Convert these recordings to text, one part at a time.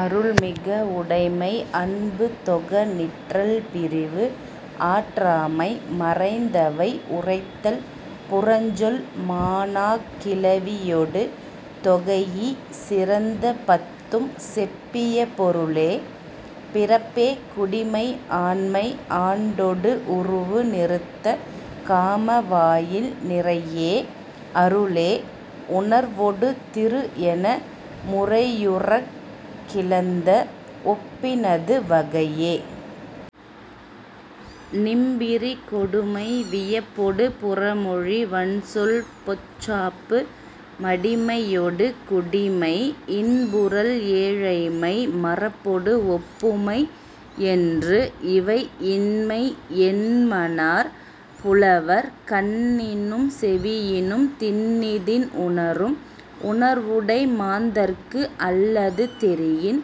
அருள் மிக உடைமை அன்பு தொக நிற்றல் பிரிவு ஆற்றாமை மறைந்தவை உரைத்தல் புறஞ்சொல் மாணாக் கிளவியொடு தொகைஇ சிறந்த பத்தும் செப்பிய பொருளே. பிறப்பே குடிமை ஆண்மை ஆண்டொடு உருவு நிறுத்த காம வாயில் நிறையே அருளே உணர்வொடு திரு என முறையுறக் கிளந்த ஒப்பினது வகையே. நிம்பிரி கொடுமை வியப்பொடு புறமொழி வன்சொல் பொச்சாப்பு மடிமையொடு குடிமை இன்புறல் ஏழைமை மறப்பொடு ஒப்புமை என்று இவை இன்மை என்மனார் புலவர். கண்ணினும் செவியினும் திண்ணிதின் உணரும் உணர்வுடை மாந்தர்க்கு அல்லது தெரியின்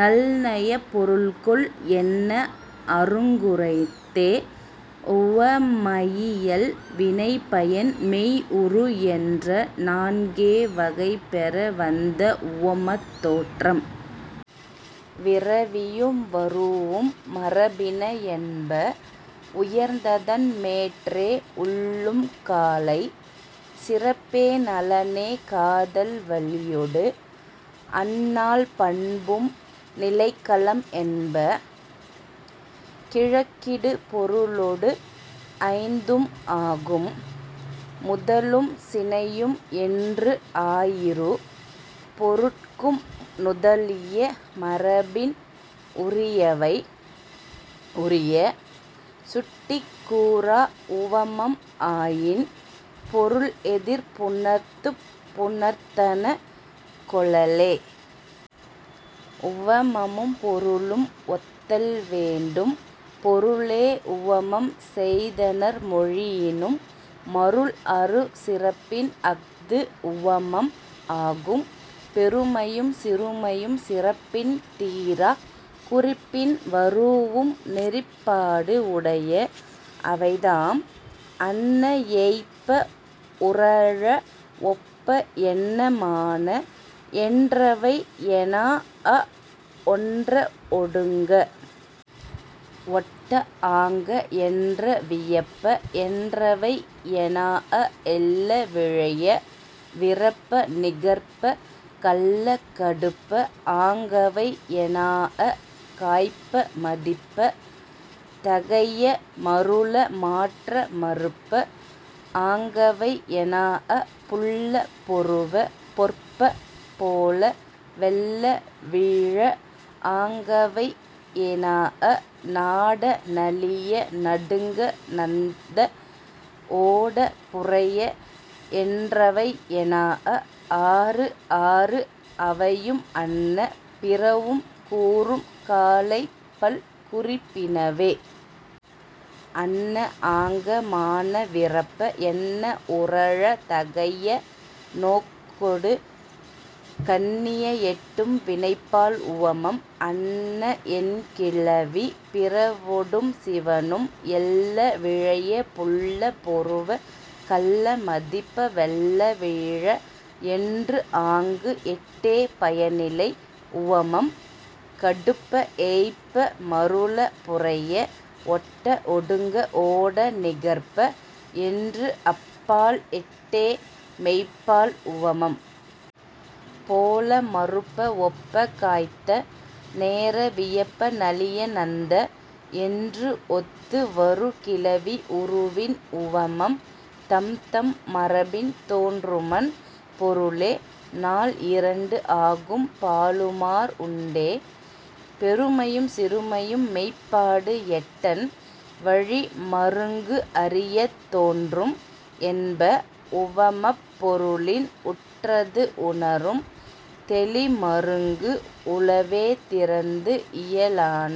நல் நயப் பொருள்கோள் எண்ண அருங்குரைத்தே.. உவமயியல் வினை பயன் மெய் உரு என்ற நான்கே வகை பெற வந்த உவமத் தோற்றம். விரவியும் வரூஉம் மரபின என்ப. உயர்ந்ததன் மேற்றே உள்ளும் காலை. சிறப்பே நலனே காதல் வலியொடு அந் நால் பண்பும் நிலைக்களம் என்ப. கிழக்கிடு பொருளொடு ஐந்தும் ஆகும். முதலும் சினையும் என்று ஆயிரு பொருட்கும் நுதலிய மரபின் உரியவை உரிய. சுட்டிக் கூறா உவமம் ஆயின் பொருள் எதிர் புணர்த்துப் புணர்த்தன கொளலே. உவமமும் பொருளும் ஒத்தல் வேண்டும். பொருளே உவமம் செய்தனர் மொழியினும் மருள் அறு சிறப்பின் அஃது உவமம் ஆகும். பெருமையும் சிறுமையும் சிறப்பின் தீராக் குறிப்பின் வரூஉம் நெறிப்பாடு உடைய. அவைதாம், அன்ன ஏய்ப்ப உறழ ஒப்ப என்ன மான என்றவை எனாஅ ஒன்ற ஒடுங்க ஒட்ட ஆங்க என்ற வியப்ப என்றவை எனாஅ எள்ள விழைய விறப்ப நிகர்ப்ப கள்ள கடுப்ப ஆங்கவை எனாஅ காய்ப்ப மதிப்ப தகைய மருள மாற்ற மறுப்ப ஆங்கவை எனாஅ புல்ல பொருவ பொற்ப போல வெல்ல வீழ ஆங்கவை எனாஅ நாட நளிய நடுங்க நந்த ஓட புரைய என்றவை எனாஅ ஆறு ஆறு அவையும் அன்ன பிறவும் கூறும் காலைப் பல் குறிப்பினவே. அன்ன ஆங்க மான விறப்ப என்ன உறழ தகைய நோக்கொடு கண்ணிய எட்டும் வினைப்பால் உவமம். அன்ன என் கிளவி பிறவொடும் சிவணும். எள்ள விழைய புல்ல பொருவ கள்ள மதிப்ப வெல்ல வீழ என்று ஆங்கு எட்டே பயனிலை உவமம். கடுப்ப ஏய்ப்ப மருள புரைய ஒட்ட ஒடுங்க ஓட நிகர்ப்ப என்று அப் பால் எட்டே மெய்ப்பால் உவமம். போல மறுப்ப ஒப்ப காய்த்த நேர வியப்ப நளிய நந்த என்று ஒத்து வரு கிளவி உருவின் உவமம். தம்தம் மரபின் தோன்றுமன் பொருளே. நால் இரண்டு ஆகும் பாலுமார் உண்டே. பெருமையும் சிறுமையும் மெய்ப்பாடு எட்டன் வழி மருங்கு அறியத் தோன்றும் என்ப. உவமப் பொருளின் உற்றது உணரும் தெளி மருங்கு உளவே திறத்து இயலான.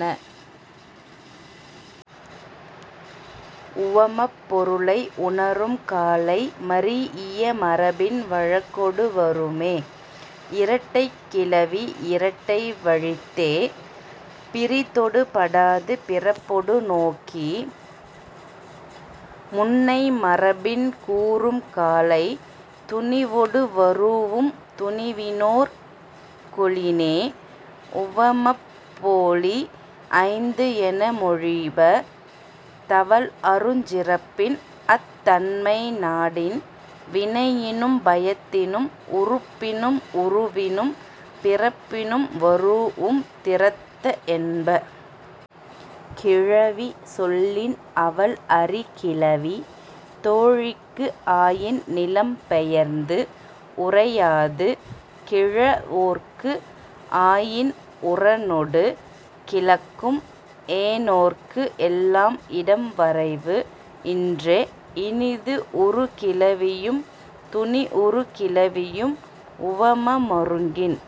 உவமப் பொருளை உணரும் காலை மரீஇய மரபின் வழக்கொடு வருமே. இரட்டைக்கிளவி இரட்டை வழித்தே. பிறிதொடு படாது பிறப்பொடு நோக்கி முன்னை மரபின் கூறும் காலை துணிவொடு வரூஉம் துணிவினோர் கொளினே. உவமப் போலி ஐந்து என மொழிப. தவல் அருஞ் சிறப்பின் அத் தன்மை நாடின் வினையினும் பயத்தினும் உறுப்பினும் உருவினும் பிறப்பினும் வரூஉம் திறத்த என்ப. கிழவி சொல்லின் அவள் அறி கிளவி. தோழிக்கு ஆயின் நிலம் பெயர்ந்து உரையாது. கிழவோற்கு ஆயின் உரனொடு கிளக்கும். ஏனோர்க்கு எல்லாம் இடம் வரைவு இன்றே. இனிது உறு கிளவியும் துனி உறு கிளவியும் உவம மருங்கின்